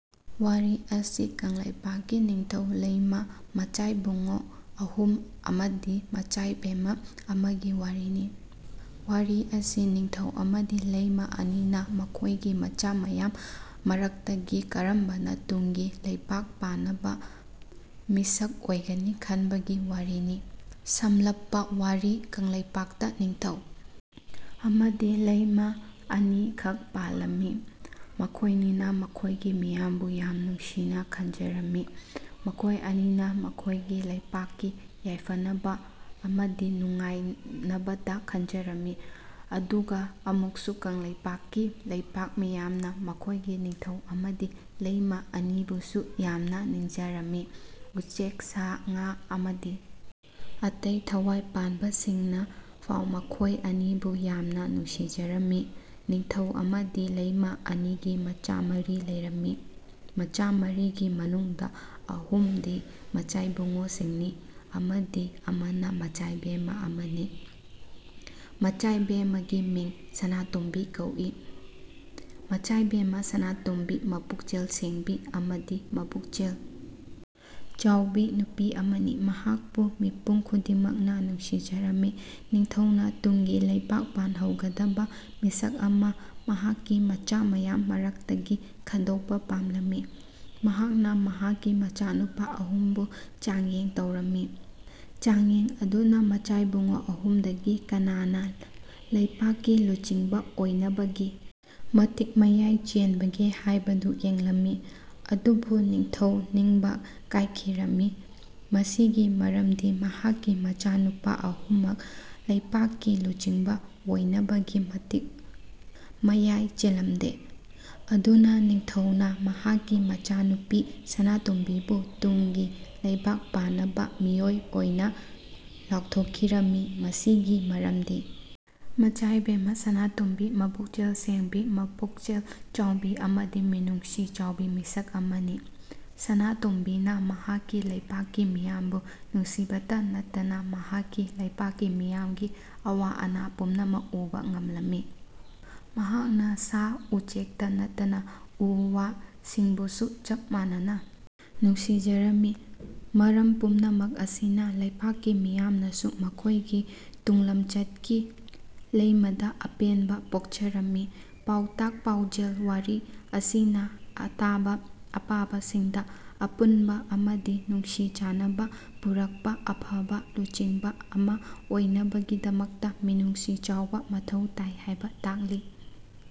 ꯋꯥꯔꯤ ꯑꯁꯤ ꯀꯪꯂꯩꯄꯥꯛꯀꯤ ꯅꯤꯡꯊꯧ ꯂꯩꯃ ꯃꯆꯥꯏꯕꯨꯡꯉꯣ ꯑꯍꯨꯝ ꯑꯃꯗꯤ ꯃꯆꯥꯏꯕꯦꯝꯃ ꯑꯃꯒꯤ ꯋꯥꯔꯤꯅꯤ꯫ ꯋꯥꯔꯤ ꯑꯁꯤ ꯅꯤꯡꯊꯧ ꯑꯃꯗꯤ ꯂꯩꯃ ꯑꯅꯤꯅ ꯃꯈꯣꯢꯒꯤ ꯃꯆꯥ ꯃꯌꯥꯝ ꯃꯔꯛꯇꯒꯤ ꯀꯔꯝꯕꯅ ꯇꯨꯡꯒꯤ ꯂꯩꯄꯥꯛ ꯄꯥꯟꯅꯕ ꯃꯤꯁꯛ ꯑꯣꯢꯒꯅꯤ ꯈꯟꯕꯒꯤ ꯋꯥꯔꯤꯅꯤ꯫ ꯁꯝꯂꯞꯄ ꯋꯥꯔꯤ ꯀꯪꯂꯩꯄꯥꯛꯇ ꯅꯤꯡꯊꯧ ꯑꯃꯗꯤ ꯂꯩꯃ ꯑꯅꯤꯈꯛ ꯄꯥꯂꯝꯃꯤ꯫ꯃꯈꯣꯢꯅꯤꯅ ꯃꯈꯣꯢꯒꯤ ꯃꯤꯌꯥꯝꯕꯨ ꯌꯥꯝ ꯅꯨꯡꯁꯤꯅ ꯈꯟꯖꯔꯝꯃꯤ꯫ ꯃꯈꯣꯢ ꯑꯅꯤꯅ ꯃꯈꯣꯢꯒꯤ ꯂꯩꯄꯥꯛꯀꯤ ꯌꯥꯢꯐꯅꯕ ꯑꯃꯗꯤ ꯅꯨꯡꯉꯥꯢꯅꯕꯇ ꯈꯟꯖꯔꯝꯃꯤ꯫ ꯑꯗꯨꯒ ꯑꯃꯨꯛꯁꯨ ꯀꯪꯂꯩꯄꯥꯛꯀꯤ ꯂꯩꯄꯥꯛ ꯃꯤꯌꯥꯝꯅ ꯃꯈꯣꯢꯒꯤ ꯅꯤꯡꯊꯧ ꯑꯃꯗꯤ ꯂꯩꯃ ꯑꯅꯤꯕꯨꯁꯨ ꯌꯥꯝꯅ ꯅꯨꯡꯁꯤꯖꯔꯝꯃꯤ꯫ ꯎꯆꯦꯛ ꯁꯥ ꯉꯥ ꯑꯃꯗꯤ ꯑꯇꯩ ꯊꯋꯥꯢ ꯄꯥꯟꯕꯁꯤꯡꯅꯐꯥꯎ ꯃꯈꯣꯢ ꯑꯅꯤꯕꯨ ꯌꯥꯝꯅ ꯅꯨꯡꯁꯤꯖꯔꯝꯃꯤ꯫ ꯅꯤꯡꯊꯧ ꯑꯃꯗꯤ ꯂꯩꯃ ꯑꯅꯤꯒꯤ ꯃꯆꯥ ꯃꯔꯤ ꯂꯩꯔꯝꯃꯤ꯫ ꯃꯆꯥ ꯃꯔꯤꯒꯤ ꯃꯅꯨꯡꯗ ꯑꯍꯨꯝꯗꯤ ꯃꯆꯥꯏꯕꯨꯡꯉꯣꯁꯤꯡꯅꯤ ꯑꯃꯗꯤ ꯑꯃꯅ ꯃꯆꯥꯏꯕꯦꯝꯃ ꯑꯃꯅꯤ꯫ ꯃꯆꯥꯏꯕꯦꯝꯃꯒꯤ ꯃꯤꯡ ꯁꯅꯥꯇꯣꯝꯕꯤ ꯀꯧꯏ꯫ ꯃꯆꯥꯏꯕꯦꯝꯃ ꯁꯅꯥꯇꯣꯝꯕꯤ ꯃꯄꯨꯛꯆꯦꯜ ꯁꯦꯡꯕꯤ ꯑꯃꯗꯤ ꯃꯄꯨꯛꯆꯦꯜ ꯆꯥꯎꯕꯤ ꯅꯨꯄꯤ ꯑꯃꯅꯤ꯫ ꯃꯍꯥꯛꯄꯨ ꯃꯤꯄꯨꯝ ꯈꯨꯗꯤꯡꯃꯛꯅ ꯅꯨꯡꯁꯤꯖꯔꯝꯃꯤ꯫ ꯅꯤꯡꯊꯧꯅ ꯇꯨꯡꯒꯤ ꯂꯩꯄꯥꯛ ꯄꯥꯜꯍꯧꯒꯗꯕ ꯃꯤꯁꯛ ꯑꯃ ꯃꯍꯥꯛꯀꯤ ꯃꯆꯥ ꯃꯌꯥꯝ ꯃꯔꯛꯇꯒꯤ ꯈꯟꯗꯣꯛꯄ ꯄꯥꯝꯂꯝꯃꯤ꯫ ꯃꯍꯥꯛꯅ ꯃꯍꯥꯛꯀꯤ ꯃꯆꯥꯅꯨꯄꯥ ꯑꯍꯨꯝꯕꯨ ꯆꯥꯡꯌꯦꯡ ꯇꯧꯔꯝꯃꯤ꯫ ꯆꯥꯡꯌꯦꯡ ꯑꯗꯨꯅ ꯃꯆꯥꯏꯕꯨꯡꯉꯣ ꯑꯍꯨꯝꯗꯒꯤ ꯀꯅꯥꯅ ꯂꯩꯄꯥꯛꯀꯤ ꯂꯨꯆꯤꯡꯕ ꯑꯣꯢꯅꯕꯒꯤ ꯃꯇꯤꯛ ꯃꯌꯥꯢ ꯆꯦꯟꯕꯒꯦ ꯍꯥꯢꯕꯗꯨ ꯌꯦꯡꯂꯝꯃꯤ꯫ ꯑꯗꯨꯕꯨ ꯅꯤꯡꯊꯧ ꯅꯤꯡꯕ ꯀꯥꯢꯈꯤꯔꯝꯃꯤ꯫ ꯃꯁꯤꯒꯤ ꯃꯔꯝꯗꯤ ꯃꯍꯥꯛꯀꯤ ꯃꯆꯥꯅꯨꯄꯥ ꯑꯍꯨꯝꯃꯛ ꯂꯩꯄꯥꯛꯀꯤ ꯂꯨꯆꯤꯡꯕ ꯑꯣꯢꯅꯕꯒꯤ ꯃꯇꯤꯛ ꯃꯌꯥꯢ ꯆꯦꯟꯂꯝꯗꯦ꯫ ꯑꯗꯨꯅ ꯅꯤꯡꯊꯧꯅ ꯃꯍꯥꯛꯀꯤ ꯃꯆꯥꯅꯨꯄꯤ ꯁꯅꯥꯇꯣꯝꯕꯤꯕꯨ ꯇꯨꯡꯒꯤ ꯂꯩꯄꯥꯛ ꯄꯥꯟꯅꯕ ꯃꯤꯑꯣꯢ ꯑꯣꯢꯅ ꯂꯥꯎꯊꯣꯛꯈꯤꯔꯝꯃꯤ꯫ ꯃꯁꯤꯒꯤ ꯃꯔꯝꯗꯤ ꯃꯆꯥꯏꯕꯦꯝꯃ ꯁꯅꯥꯇꯣꯝꯕꯤ ꯃꯄꯨꯛꯆꯦꯜ ꯁꯦꯡꯕꯤ ꯃꯄꯨꯛꯆꯦꯜ ꯆꯥꯎꯕꯤ ꯑꯃꯗꯤ ꯃꯤꯅꯨꯡꯁꯤ ꯆꯥꯎꯕꯤ ꯃꯤꯁꯛ ꯑꯃꯅꯤ꯫ ꯁꯅꯥꯇꯣꯝꯕꯤꯅ ꯃꯍꯥꯛꯀꯤ ꯂꯩꯄꯥꯛꯀꯤ ꯃꯤꯌꯥꯝꯕꯨ ꯅꯨꯡꯁꯤꯕꯇ ꯅꯠꯇꯅ ꯃꯍꯥꯛꯀꯤ ꯂꯩꯄꯥꯛꯀꯤ ꯃꯤꯌꯥꯝꯒꯤ ꯑꯋꯥ ꯑꯅꯥ ꯄꯨꯝꯅꯃꯛ ꯎꯕ ꯉꯝꯂꯝꯃꯤ꯫ ꯃꯍꯥꯛꯅ ꯁꯥ ꯎꯆꯦꯛꯇ ꯅꯠꯇꯅ ꯎ ꯋꯥꯁꯤꯡꯕꯨꯁꯨ ꯆꯞ ꯃꯥꯟꯅꯅ ꯅꯨꯡꯁꯤꯖꯔꯝꯃꯤ꯫ ꯃꯔꯝ ꯄꯨꯝꯅꯃꯛ ꯑꯁꯤꯅ ꯂꯩꯄꯥꯛꯀꯤ ꯃꯤꯌꯥꯝꯅꯁꯨ ꯃꯈꯣꯢꯒꯤ ꯇꯨꯡꯂꯝꯆꯠꯀꯤ ꯂꯩꯃꯗ ꯑꯄꯦꯟꯕ ꯄꯣꯛꯆꯔꯝꯃꯤ꯫ ꯄꯥꯎꯇꯥꯛ ꯄꯥꯎꯆꯦꯜ ꯋꯥꯔꯤ ꯑꯁꯤꯅ ꯑꯇꯥꯕ ꯑꯄꯥꯕꯁꯤꯡꯗ ꯑꯄꯨꯟꯕ ꯑꯃꯗꯤ ꯅꯨꯡꯁꯤ ꯆꯥꯟꯅꯕ ꯄꯨꯔꯛꯄ ꯑꯐꯕ ꯂꯨꯆꯤꯡꯕ ꯑꯃ ꯑꯣꯢꯅꯕꯒꯤꯗꯃꯛꯇ ꯃꯤꯅꯨꯡꯁꯤ ꯆꯥꯎꯕ ꯃꯊꯧ ꯇꯥꯢ ꯍꯥꯏꯕ ꯇꯥꯛꯂꯤ꯫